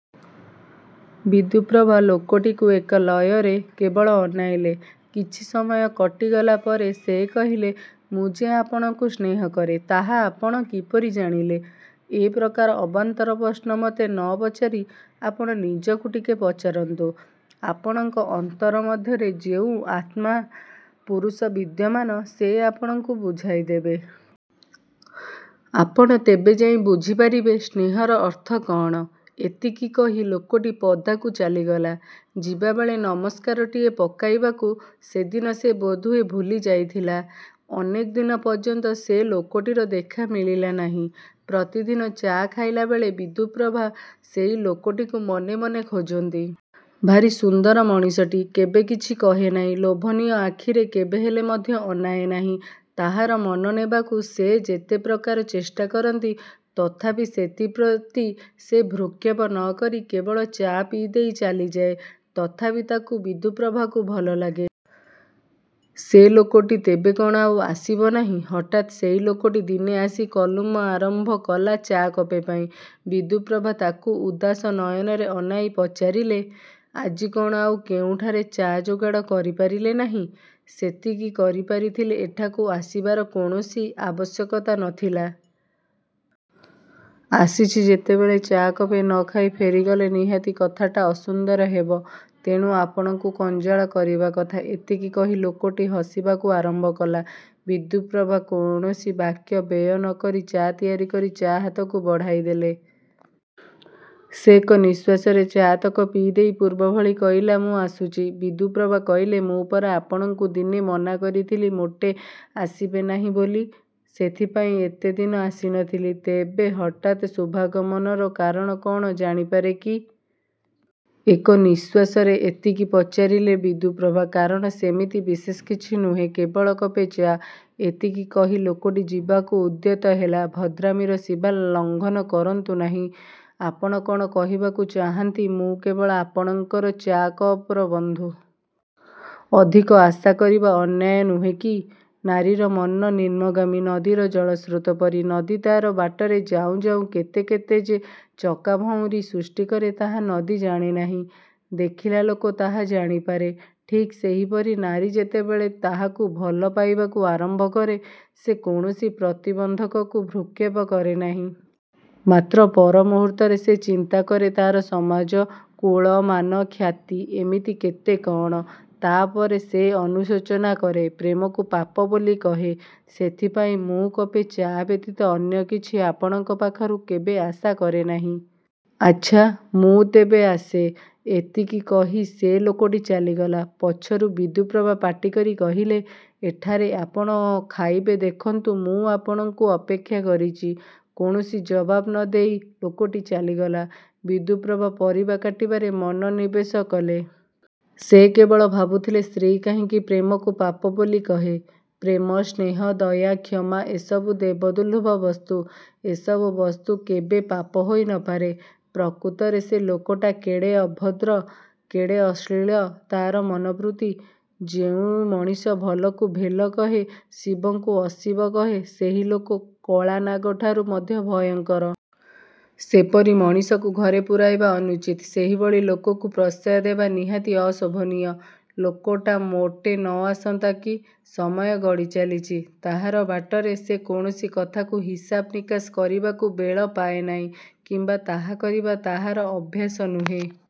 '' ବିଦ୍ୟୁପ୍ରଭା ଲୋକଟିକୁ ଏକ ଲୟରେ କେବଳ ଅନାଇଲେ। କିଛି ସମୟ କଟିଗଲା ପରେ ସେ କହିଲେ, ''ମୁଁ ଯେ ଆପଣଙ୍କୁ ସ୍ନେହକରେ ତାହା ଆପଣ କିପରି ଜାଣିଲେ? '' ''ଏପ୍ରକାର ଅବାନ୍ତର ପ୍ରଶ୍ନ ମୋତେ ନ ପଚାରି ଆପଣ ନିଜକୁ ନିଜେ ପଚାରନ୍ତୁ। ଆପଣଙ୍କ ଅନ୍ତର ମଧ୍ୟରେ ଯେଉଁ ଆତ୍ମା ପୁରୁଷ ବିଦ୍ୟମାନ ସେ ଆପଣଙ୍କୁ ବୁଝାଇ ଦେବ। ଆପଣ ତେବେ ଯାଇ ବୁଝିପାରିବେ ସ୍ନେହର ଅର୍ଥ କ'ଣ? '' ଏତିକି କହି ଲୋକଟି ପଦାକୁ ଚାଲିଗଲା। ଯିବାବେଳେ ନମସ୍କାରଟିଏ ପକାଇବାକୁ ସେଦିନ ସେ ବୋଧହୁଏ ଭୁଲି ଯାଇଥିଲା। ଅନେକ ଦିନ ପର୍ଯ୍ୟନ୍ତ ସେ ଲୋକଟିର ଦେଖା ମିଳିଲା ନାହିଁ। ପ୍ରତିଦିନ ଚା' ଖାଇଲାବେଳେ ବିଦ୍ୟୁପ୍ରଭା ସେହି ଲୋକଟିକୁ ମନେମନେ ଖୋଜନ୍ତି। ଭାରି ସୁନ୍ଦର ମଣିଷଟି। କେବେ କିଛି କହେନାହିଁ। ଲୋଭନୀୟ ଆଖିରେ କେବେହେଲେ ମଧ୍ୟ ଅନାଏ ନାହିଁ। ତାହାର ମନ ନେବାକୁ ସେ ଯେତେପ୍ରକାର ଚେଷ୍ଟା କରନ୍ତି ତଥାପି ସେଥିପ୍ରତି ସେ ଭ୍ରୂକ୍ଷେପ ନ କରି କେବଳ ଚା' ପିଇଦେଇ ଚାଲିଯାଏ। ତଥାପି ତାକୁ ବିଦ୍ୟୁପ୍ରଭାକୁ ଭଲଲାଗେ। ସେ ଲୋକଟି ତେବେ କ'ଣ ଆଉ ଆସିବ ନାହିଁ? ହଠାତ୍ ସେହି ଲୋକଟି ଦିନେ ଆସି ଜଲୁମ ଆରମ୍ଭ କଲା ଚା' କପେ ପାଇଁ। ବିଦ୍ୟୁପ୍ରଭା ତାକୁ ଉଦାସ ନୟନରେ ଅନାଇ ପଚାରିଲେ, ''ଆଜି କ'ଣ ଆଉ କେଉଁଠାରେ ଚା' ଯୋଗାଡ଼ କରିପାରିଲେ ନାହିଁ? '' ''ସେତିକି କରିପାରିଥିଲେ ଏଠାକୁ ଆସିବାର କୌଣସି ଆବଶ୍ୟକତା ନ ଥିଲା। ଆସିଛି ଯେତେବେଳେ ଚା' କପେ ନ ଖାଇ ଫେରିଗଲେ ନିହାତି କଥାଟା ଅସୁନ୍ଦର ହେବ। ତେଣୁ ଆପଣଙ୍କୁ ଜଞ୍ଜାଳ କରିବା କଥା। '' ଏତିକି କହି ଲୋକଟି ହସିବାକୁ ଆରମ୍ଭ କଲା। ବିଦ୍ୟୁପ୍ରଭା କୌଣସି ବାକ୍ୟ ବ୍ୟୟ ନ କରି ଚା' ତିଆରି କରି ତା' ହାତକୁ ବଢ଼ାଇ ଦେଲେ। ସେ ଏକ ନିଶ୍ୱାସରେ ଚା' ତକ ପିଇଦେଇ ପୂର୍ବ ଭଳି କହିଲା, ''ମୁଁ ଆସୁଛି। '' ବିଦ୍ୟୁପ୍ରଭା କହିଲେ, ''ମୁଁ ପରା ଆପଣଙ୍କୁ ଦିନେ ମନାକରିଥିଲି ମୋଟେ ଆସିବେ ନାହିଁ ବୋଲି। '' ''ସେଥିପାଇଁ ଏତେଦିନ ଆସିନଥିଲି। '' ''ତେବେ ହଠାତ୍ ଶୁଭାଗମନର କାରଣ କ'ଣ ଜାଣିପାରେକି? '' ଏକ ନିଶ୍ୱାସରେ ଏତିକି ପଚାରିଲେ ବିଦ୍ୟୁପ୍ରଭା। ''କାରଣ ସେମିତି ବିଶେଷ କିଛି ନୁହେଁ। କେବଳ କପେ ଚା'। '' ଏତିକି କହି ଲୋକଟି ଯିବାକୁ ଉଦ୍ୟତ ହେଲା। ''ଭଦ୍ରାମିର ସୀମା ଲଙ୍ଘନ କରନ୍ତୁ ନାହିଁ। ଆପଣ କ'ଣ କହିବାକୁ ଚାହାଁନ୍ତି ମୁଁ କେବଳ ଆପଣଙ୍କର ଚା' କପ୍କର ବନ୍ଧୁ? '' ''ଅଧିକ ଆଶା କରିବା ଅନ୍ୟାୟ ନୁହେଁ କି? ନାରୀର ମନ ନିମ୍ନଗାମୀ ନଦୀର ଜଳସ୍ରୋତ ପରି। ନଦୀ ତା'ର ବାଟରେ ଯାଉଁ ଯାଉଁ କେତେ କେତେ ଯେ ଚକାଭଉଁରୀ ସୃଷ୍ଟିକରେ ତାହା ନଦୀ ଜାଣେନାହିଁ। ଦେଖିଲା ଲୋକ ତାହା ଜାଣିପାରେ। ଠିକ୍ ସେହିପରି ନାରୀ ଯେତେବେଳେ କାହାକୁ ଭଲ ପାଇବାକୁ ଆରମ୍ଭ କରେ ସେ କୌଣସି ପ୍ରତିବନ୍ଧକକୁ ଭ୍ରୂକ୍ଷେପ କରେନାହିଁ। ମାତ୍ର ପରମୁହୂର୍ତ୍ତରେ ସେ ଚିନ୍ତା କରେ ତା'ର ସମାଜ, କୁଳ, ମାନ, ଖ୍ୟାତି, ଏମିତି କେତେ କ'ଣ। ତା'ପରେ ସେ ଅନୁଶୋଚନା କରେ। ପ୍ରେମକୁ ପାପ ବୋଲି କହେ। ସେଥିପାଇଁ ମୁଁ କପେ ଚା' ବ୍ୟତୀତ ଅନ୍ୟ କିଛି ଆପଣଙ୍କ ପାଖରୁ କେବେ ଆଶା କରେନାହିଁ। ଆଚ୍ଛା ମୁଁ ତେବେ ଆସେ। '' ଏତିକି କହି ସେ ଲୋକଟି ଚାଲିଗଲା। ପଛରୁ ବିଦ୍ୟୁପ୍ରଭା ପାଟିକରି କହିଲେ, ''ଏଠାରେ ଆପଣ ଖାଇବେ ଦେଖନ୍ତୁ ମୁଁ ଆପଣଙ୍କୁ ଅପେକ୍ଷା କରିଛି। '' କୌଣସି ଜବାବ୍ ନ ଦେଇ ଲୋକଟି ଚାଲିଗଲା। ବିଦ୍ୟୁପ୍ରଭା ପରିବା କାଟିବାରେ ମନ ନିବେଶ କଲେ। ସେ କେବଳ ଭାବୁଥିଲେ ସ୍ତ୍ରୀ କାହିଁକି ପ୍ରେମକୁ ପାପ ବୋଲି କହେ? ପ୍ରେମ, ସ୍ନେହ, ଦୟା, କ୍ଷମା ଏସବୁ ଦେବଦୁର୍ଲ୍ଲଭ ବସ୍ତୁ। ଏ ସବୁ ବସ୍ତୁ କେବେ ପାପ ହୋଇନପାରେ। ପ୍ରକୃତରେ ସେ ଲୋକଟା କେଡ଼େ ଅଭଦ୍ର। କେଡ଼େ ଅଶ୍ଳୀଳ ତା'ର ମନବୃତ୍ତି। ଯେଉଁ ମଣିଷ ଭଲକୁ ଭେଲ କହେ, ଶିବକୁ ଅଶିବ କହେ ସେହି ଲୋକ କଳାନାଗଠାରୁ ମଧ୍ୟ ଭୟଙ୍କର। ସେପରି ମଣିଷକୁ ଘରେ ପୂରାଇବା ଅନୁଚିତ୍। ସେହିଭଳି ଲୋକକୁ ପ୍ରଶ୍ରୟ ଦେବା ନିହାତି ଅଶୋଭନୀୟ। ଲୋକଟା ମୋଟ ନ ଆସନ୍ତା କି। ସମୟ ଗଡ଼ିଚାଲିଛି। ତାହାର ବାଟରେ। ସେ କୌଣସି କଥାକୁ ହିସାବ ନିକାଶ କରିବାକୁ ବେଳ ପାଏ ନାହିଁ କିମ୍ବା ତାହା କରିବା ତା'ର ଅଭ୍ୟାସ ନୁହେଁ।